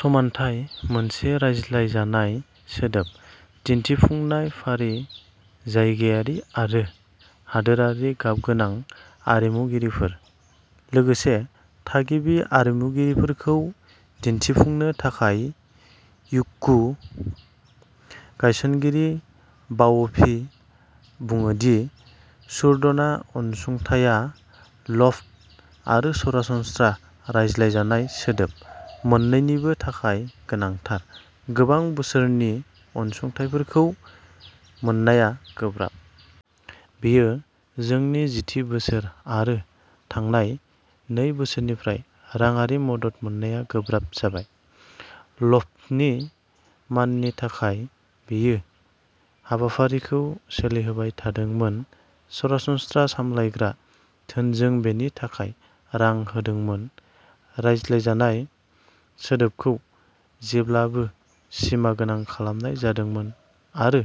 समानथाय -मोनसे रायज्लायजानाय सोदोब दिन्थिफुंनाय फारि-जायगायारि आरो हादोरारि गाबगोनां आरिमुगिरिफोर, लोगोसे थागिबि आरिमुगिरिफोरखौ दिन्थिफुंनो थाखाय। इक्यु गायसनगिरि बाअ'फि बुङो दि सुरदना अनसुंथाइआ लफ्ट आरो सरासनस्रा रायज्लायजानाय सोदोब मोन्नैनिबो थाखाय गोनांथार। गोबां बोसोरनि अनसुंथाइफोरखौ मोननाया गोब्राब। बेयो जोंनि जिथि बोसोर आरो थांनाय नै बोसोरनिफ्राय राङारि मदद मोन्नाया गोब्राब जाबाय। लफ्टनि माननि थाखाय बेयो हाबाफारिखौ सोलिहोबाय थादोंमोन, सरासनस्रा सामलायग्रा धोनजों बेनि थाखाय रां होदोंमोन। रायज्लायजानाय सोदोबखौ जेब्लाबो सिमागोनां खालामनाय जादोंमोन, आरो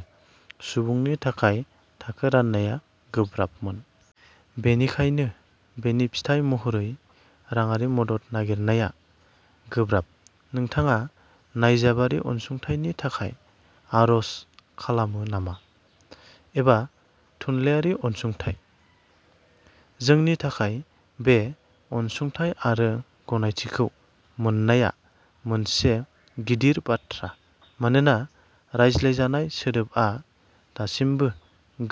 सुबुंनि थाखाय थाखो राननाया गोब्राबमोन। बेनिखायनो बेनि फिथाय महरै राङारि मदद नागिरनाया गोब्राब-नोंथाङा नायजाबारि अनसुंथाइनि थाखाय आर'ज खालामो नामा? एबा थुनलाइआरि अनसुंथाइ? जोंनि थाखाय बे अनसुंथाइ आरो गनायथिखौ मोननाया मोनसे गिदिर बाथ्रा, मानोना रायज्लायजानाय सोदोबआ दासिमबो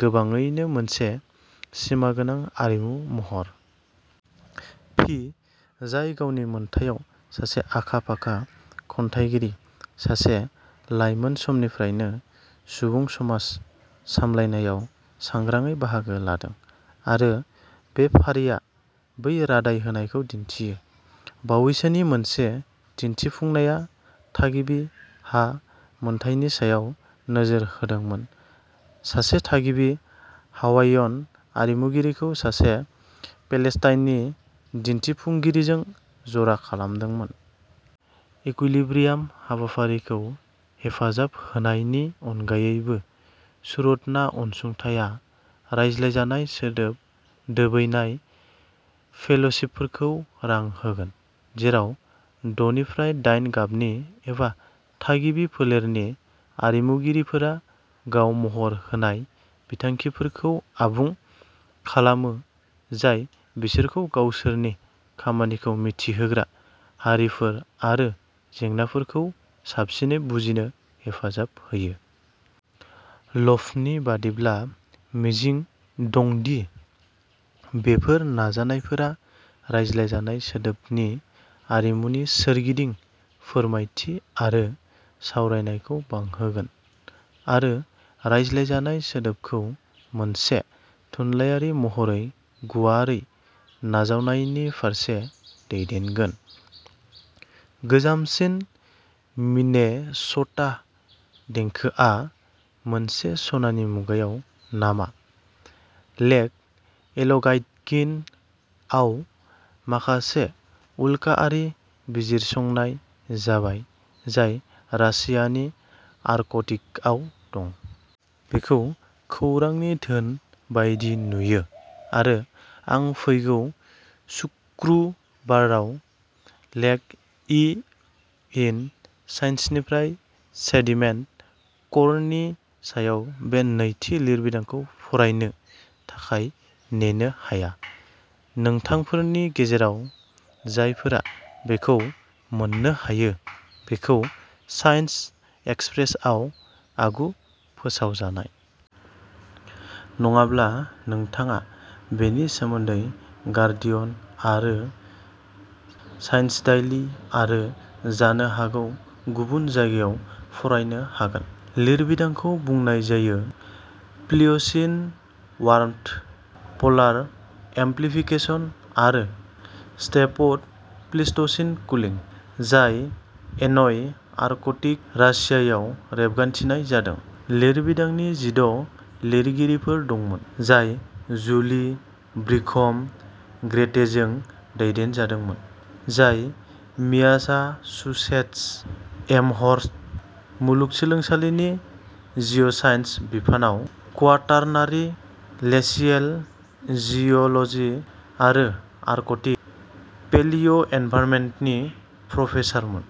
गोबाङैनो मोनसे सिमागोनां आरिमु महर। फि, जाय गावनि मोनथायाव सासे आखा-फाखा खन्थाइगिरि, सासे लाइमोन समनिफ्रायनो सुबुं समाज सामलायनायाव सांग्राङै बाहागो लादों, आरो बे फारिआ बै रादाय होनायखौ दिन्थियो। बावैसोनि मोनसे दिन्थिफुंनाया थागिबि हा मोनथायनि सायाव नोजोर होदोंमोन, सासे थागिबि हावाइयन आरिमुगिरिखौ सासे पेलेस्टाइनी दिन्थिफुंगिरिजों जरा खालामदोंमोन। इकुइलिब्रियाम हाबाफारिखौ हेफाजाब होनायनि अनगायैबो, सुरदना अनसुंथाइआ रायज्लायजानाय सोदोब दोबैनाय फेल'शिपफोरखौबो रां होगोन, जेराव द'निफ्राय दाइन गाबनि एबा थागिबि फोलेरनि आरिमुगिरिफोरा गाव-महर होनाय बिथांखिफोरखौ आबुं खालामो जाय बिसोरखौ गावसोरनि खामानिखौ मिथिहोग्रा हारिफोर आरो जेंनाफोरखौ साबसिनै बुजिनो हेफाजाब होयो। लफ्टनि बादिब्ला, मिजिं दं दि बेफोर नाजानायफोरा रायज्लायजानाय सोदोबनि आरिमुनि सोरगिदिं फोरमायथि आरो सावरायनायखौ बांहोगोन, आरो रायज्लायजानाय सोदोबखौ मोनसे थुनलायारि महरै गुवारै नाजावनायनि फारसे दैदेनगोन। गोजामसिन मिनेस'टा देंखोआ मोनसे सनानि मुगायाव नामा? लेक एल'गाइटगिन आव माखासे "उल्काआरि बिजिरसंनाय" जाबाय, जाय रासियानि आर्कटिकआव दं। बेखौ खौरांनि धोन बायदि नुयो आरो आं फैगौ सुक्रुबाराव लेक इ इन साइन्सनिफ्राय सेडिमेन्ट क'रनि सायाव बे नैथि लिरबिदांखौ फरायनो थाखाय नेनो हाया। नोंथांफोरनि गेजेराव जायफोरा बेखौ मोन्नो हायो, बेखौ साइन्स एक्सप्रेसआव आगु-फोसावजानाय। नङाब्ला, नोंथाङा बेनि सोमोन्दै गार्डियन आरो साइन्सडाइली आरो जानो हागौ गुबुन जायगायाव फरायनो हागोन। लिरबिदांखौ बुंनाय जायोः प्लिय'सिन वार्मथ, पलार एम्प्लिफिकेशन, आरो स्टेपड प्लिस्ट'सिन कुलिं, जाय एनई आर्कटिक रासियायाव रेबगान्थिनाय जादों। लिरबिदांनि जिद' लिरगिरिफोर दंमोन, जाय जुलि ब्रिघम-ग्रेटेजों दैदेनजादोंमोन, जाय म्यासाचुसेट्स एमहर्ट मुलुगसोलोंसालिनि जिअ'साइन्स बिफानाव क्वाटार्नारि लेशियेल जिय'ल'जि आरो आर्कटिक पेलिय'एनभायरनमेन्टनि प्रफेसारमोन।